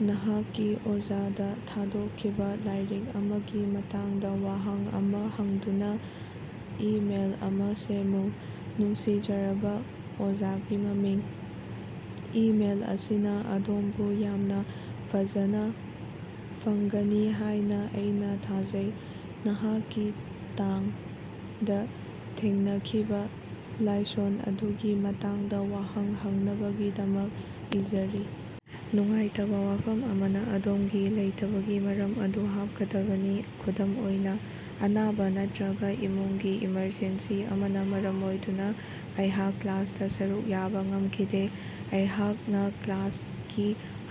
ꯅꯍꯥꯛꯀꯤ ꯑꯣꯖꯥꯗ ꯊꯥꯗꯣꯛꯈꯤꯕ ꯂꯥꯏꯔꯤꯛ ꯑꯃꯒꯤ ꯃꯇꯥꯡꯗ ꯋꯥꯍꯪ ꯑꯃꯥ ꯍꯪꯗꯨꯅ ꯏꯃꯦꯜ ꯑꯃꯥ ꯁꯦꯝꯃꯨ꯫ ꯅꯨꯡꯁꯤꯖꯔꯕ [ꯑꯣꯖꯥꯒꯤ ꯃꯃꯤꯡ], ꯏꯃꯦꯜ ꯑꯁꯤꯅ ꯑꯗꯣꯝꯕꯨ ꯌꯥꯝꯅ ꯐꯖꯟꯅ ꯐꯪꯒꯅꯤ ꯍꯥꯏꯅ ꯑꯩꯅ ꯊꯥꯖꯩ꯫ ꯅꯍꯥꯛꯀꯤ ꯇꯥꯡ]ꯗ ꯊꯦꯡꯅꯈꯤꯕ ꯂꯥꯏꯁꯣꯟ ꯑꯗꯨꯒꯤ ꯃꯇꯥꯡꯗ ꯋꯥꯍꯪ ꯍꯪꯅꯕꯒꯤꯗꯃꯛ ꯏꯖꯔꯤ꯫ ꯅꯨꯡꯉꯥꯏꯇꯕ ꯋꯥꯐꯝ ꯑꯃꯅ, ꯑꯗꯣꯝꯒꯤ ꯂꯩꯇꯕꯒꯤ ꯃꯔꯝ ꯑꯗꯨ ꯍꯥꯞꯀꯗꯕꯅꯤ, ꯈꯨꯗꯝ ꯑꯣꯏꯅ ꯑꯅꯥꯕ ꯅꯠꯇ꯭ꯔꯒ ꯏꯃꯨꯡꯒꯤ ꯏꯃꯔꯖꯦꯟꯁꯤ ꯑꯃꯅ ꯃꯔꯝ ꯑꯣꯏꯗꯨꯅ ꯑꯩꯍꯥꯛ ꯀ꯭ꯂꯥꯁꯇ ꯁꯔꯨꯛ ꯌꯥꯕ ꯉꯝꯈꯤꯗꯦ꯫ ꯑꯩꯍꯥꯛꯅ ꯀ꯭ꯂꯥꯁꯀꯤ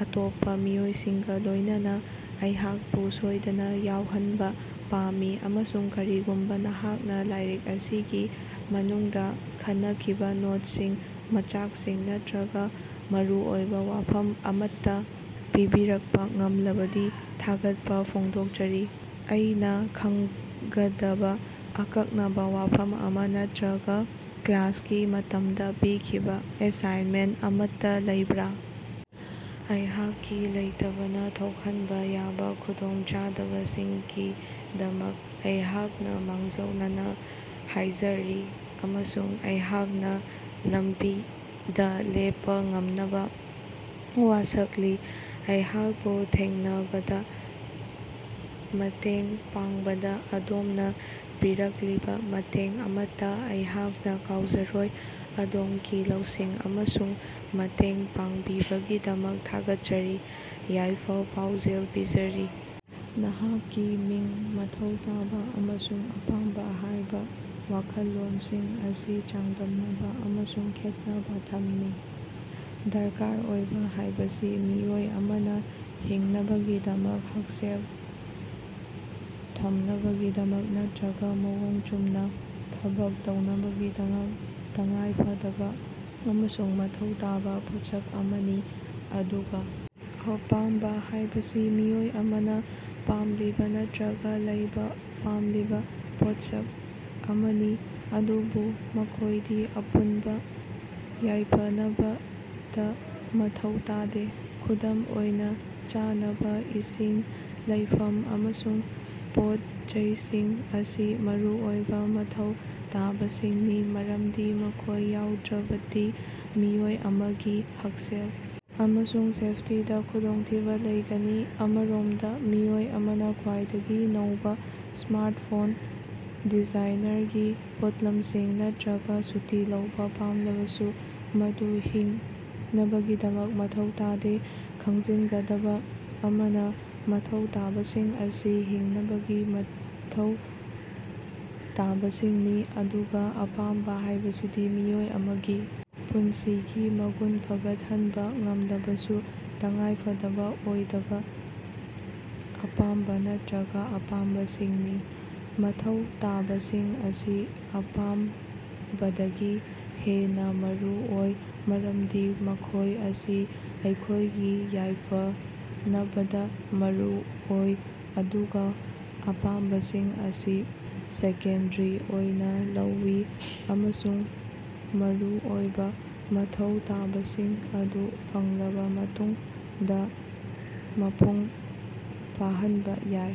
ꯑꯇꯣꯞꯄ ꯃꯤꯑꯣꯏꯁꯤꯡꯒ ꯂꯣꯏꯅꯅ ꯑꯩꯍꯥꯛꯄꯨ ꯁꯣꯏꯗꯅ ꯌꯥꯎꯍꯟꯕ ꯄꯥꯝꯃꯤ ꯑꯃꯁꯨꯡ ꯀꯔꯤꯒꯨꯝꯕ ꯅꯍꯥꯛꯅ ꯂꯥꯏꯔꯤꯛ ꯑꯁꯤꯒꯤ ꯃꯅꯨꯡꯗ ꯈꯟꯅꯈꯤꯕ ꯅꯣꯠꯁꯤꯡ, ꯃꯆꯥꯛꯁꯤꯡ ꯅꯠꯇ꯭ꯔꯒ ꯃꯔꯨꯑꯣꯏꯕ ꯋꯥꯐꯝ ꯑꯃꯠꯇ ꯄꯤꯕꯤꯔꯛꯄ ꯉꯝꯂꯕꯗꯤ ꯊꯥꯒꯠꯄ ꯐꯣꯡꯗꯣꯛꯆꯔꯤ꯫ ꯑꯩꯅ ꯈꯪꯒꯗꯕ ꯑꯀꯛꯅꯕ ꯋꯥꯐꯝ ꯑꯃ ꯅꯠꯇ꯭ꯔꯒ ꯀ꯭ꯂꯥꯁꯀꯤ ꯃꯇꯝꯗ ꯄꯤꯈꯤꯕ ꯑꯦꯁꯥꯏꯟꯃꯦꯟ ꯑꯃꯠꯇ ꯂꯩꯕ꯭ꯔꯥ? ꯑꯩꯍꯥꯛꯀꯤ ꯂꯩꯇꯕꯅ ꯊꯣꯛꯍꯟꯕ ꯌꯥꯕ ꯈꯨꯗꯣꯡꯆꯥꯗꯕꯁꯤꯡꯒꯤ ꯗꯃꯛ ꯑꯩꯍꯥꯛꯅ ꯃꯥꯡꯖꯧꯅꯅ ꯍꯥꯏꯖꯔꯤ ꯑꯃꯁꯨꯡ ꯑꯩꯍꯥꯛꯅ ꯂꯝꯕꯤꯗ ꯂꯦꯞꯄ ꯉꯝꯅꯕ ꯋꯥꯁꯛꯂꯤ꯫ ꯑꯩꯍꯥꯛꯄꯨ ꯊꯦꯡꯅꯕꯗ ꯃꯇꯦꯡ ꯄꯥꯡꯕꯗ ꯑꯗꯣꯝꯅ ꯄꯤꯔꯛꯂꯤꯕ ꯃꯇꯦꯡ ꯑꯃꯠꯇ ꯑꯩꯍꯥꯛꯅ ꯀꯥꯎꯖꯔꯣꯏ꯫ ꯑꯗꯣꯝꯒꯤ ꯂꯧꯁꯤꯡ ꯑꯃꯁꯨꯡ ꯃꯇꯦꯡ ꯄꯥꯡꯕꯤꯕꯒꯤꯗꯃꯛ ꯊꯥꯒꯠꯆꯔꯤ꯫ ꯌꯥꯏꯐ-ꯄꯥꯎꯖꯦꯜ ꯄꯤꯖꯔꯤ, ꯅꯍꯥꯛꯀꯤ ꯃꯤꯡ "ꯃꯊꯧ ꯇꯥꯕ" ꯑꯃꯁꯨꯡ "ꯑꯄꯥꯝꯕ" ꯍꯥꯏꯕ ꯋꯥꯈꯜꯂꯣꯟꯁꯤꯡ ꯑꯁꯤ ꯆꯥꯡꯗꯝꯅꯕ ꯑꯃꯁꯨꯡ ꯈꯦꯠꯅꯕ ꯊꯝꯃꯤ꯫ ꯗꯔꯀꯥꯔ ꯑꯣꯏꯕ ꯍꯥꯏꯕꯁꯤ ꯃꯤꯑꯣꯏ ꯑꯃꯅ ꯍꯤꯡꯅꯕꯒꯤꯗꯃꯛ, ꯍꯛꯁꯦꯜ ꯊꯝꯅꯕꯒꯤꯗꯃꯛ ꯅꯠꯇ꯭ꯔꯒ ꯃꯑꯣꯡ ꯆꯨꯝꯅ ꯊꯕꯛ ꯇꯧꯅꯕꯒꯤꯗꯃꯛ ꯇꯉꯥꯏꯐꯗꯕ ꯑꯃꯁꯨꯡ ꯃꯊꯧ ꯇꯥꯕ ꯄꯣꯠꯁꯛ ꯑꯃꯅꯤ꯫ ꯑꯗꯨꯒ ꯑꯄꯥꯝꯕ ꯍꯥꯏꯕꯁꯤ ꯃꯤꯑꯣꯏ ꯑꯃꯅ ꯄꯥꯝꯂꯤꯕ ꯅꯠꯇ꯭ꯔꯒ ꯂꯩꯕ ꯄꯥꯝꯂꯤꯕ ꯄꯣꯠꯁꯛ ꯑꯃꯅꯤ꯫ ꯑꯗꯨꯕꯨ ꯃꯈꯣꯏꯗꯤ ꯑꯄꯨꯟꯕ ꯌꯥꯏꯐꯅꯕꯗ ꯃꯊꯧ ꯇꯥꯗꯦ꯫ ꯈꯨꯗꯝ ꯑꯣꯏꯅ, ꯆꯥꯅꯕ, ꯏꯁꯤꯡ, ꯂꯩꯐꯝ ꯑꯃꯁꯨꯡ ꯄꯣꯠ-ꯆꯩꯁꯤꯡ ꯑꯁꯤ ꯃꯔꯨꯑꯣꯏꯕ ꯃꯊꯧ ꯇꯥꯕꯁꯤꯡꯅꯤ꯫ ꯃꯔꯝꯗꯤ ꯃꯈꯣꯏ ꯌꯥꯎꯗ꯭ꯔꯕꯗꯤ ꯃꯤꯑꯣꯏ ꯑꯃꯒꯤ ꯍꯛꯁꯦꯜ ꯑꯃꯁꯨꯡ ꯁꯦꯐꯇꯤꯗ ꯈꯨꯗꯣꯡꯊꯤꯕ ꯂꯩꯒꯅꯤ꯫ ꯑꯃꯔꯣꯝꯗ ꯃꯤꯑꯣꯏ ꯑꯃꯅ ꯈ꯭ꯋꯥꯏꯗꯒꯤ ꯅꯧꯕ ꯁ꯭ꯃꯥꯔꯇꯐꯣꯟ, ꯗꯤꯖꯥꯏꯅꯔꯒꯤ ꯄꯣꯠꯂꯝꯁꯤꯡ ꯅꯠꯇ꯭ꯔꯒ ꯁꯨꯇꯤ ꯂꯧꯕ ꯄꯥꯝꯂꯕꯁꯨ ꯃꯗꯨ ꯍꯤꯡꯅꯕꯒꯤꯗꯃꯛ ꯃꯊꯧ ꯇꯥꯗꯦ꯫ ꯈꯪꯖꯤꯟꯒꯗꯕ ꯑꯃꯅ, ꯃꯊꯧ ꯇꯥꯕꯁꯤꯡ ꯑꯁꯤ ꯍꯤꯡꯅꯕꯒꯤ ꯃꯊꯧ ꯇꯥꯕꯁꯤꯡꯅꯤ ꯑꯗꯨꯒ ꯑꯄꯥꯝꯕ ꯍꯥꯏꯕꯁꯤꯗꯤ ꯃꯤꯑꯣꯏ ꯑꯃꯒꯤ ꯄꯨꯟꯁꯤꯒꯤ ꯃꯒꯨꯟ ꯐꯒꯠꯍꯟꯕ ꯉꯝꯂꯕꯁꯨ ꯇꯉꯥꯏꯐꯗꯕ ꯑꯣꯏꯗꯕ ꯑꯄꯥꯝꯕ ꯅꯠꯇ꯭ꯔꯒ ꯑꯄꯥꯝꯕꯁꯤꯡꯅꯤ꯫ ꯃꯊꯧ ꯇꯥꯕꯁꯤꯡ ꯑꯁꯤ ꯑꯄꯥꯝꯕꯗꯒꯤ ꯍꯦꯟꯅ ꯃꯔꯨ ꯑꯣꯏ ꯃꯔꯝꯗꯤ ꯃꯈꯣꯏ ꯑꯁꯤ ꯑꯩꯈꯣꯏꯒꯤ ꯌꯥꯏꯐꯅꯕꯗ ꯃꯔꯨ ꯑꯣꯏ ꯑꯗꯨꯒ ꯑꯄꯥꯝꯕꯁꯤꯡ ꯑꯁꯤ ꯁꯦꯀꯦꯟꯗꯔꯤ ꯑꯣꯏꯅ ꯂꯧꯏ ꯑꯃꯁꯨꯡ ꯃꯔꯨ ꯑꯣꯏꯕ ꯃꯊꯧ ꯇꯥꯕꯁꯤꯡ ꯑꯗꯨ ꯐꯪꯂꯕ ꯃꯇꯨꯡꯗ ꯃꯄꯨꯡ ꯐꯥꯍꯟꯕ ꯌꯥꯏ꯫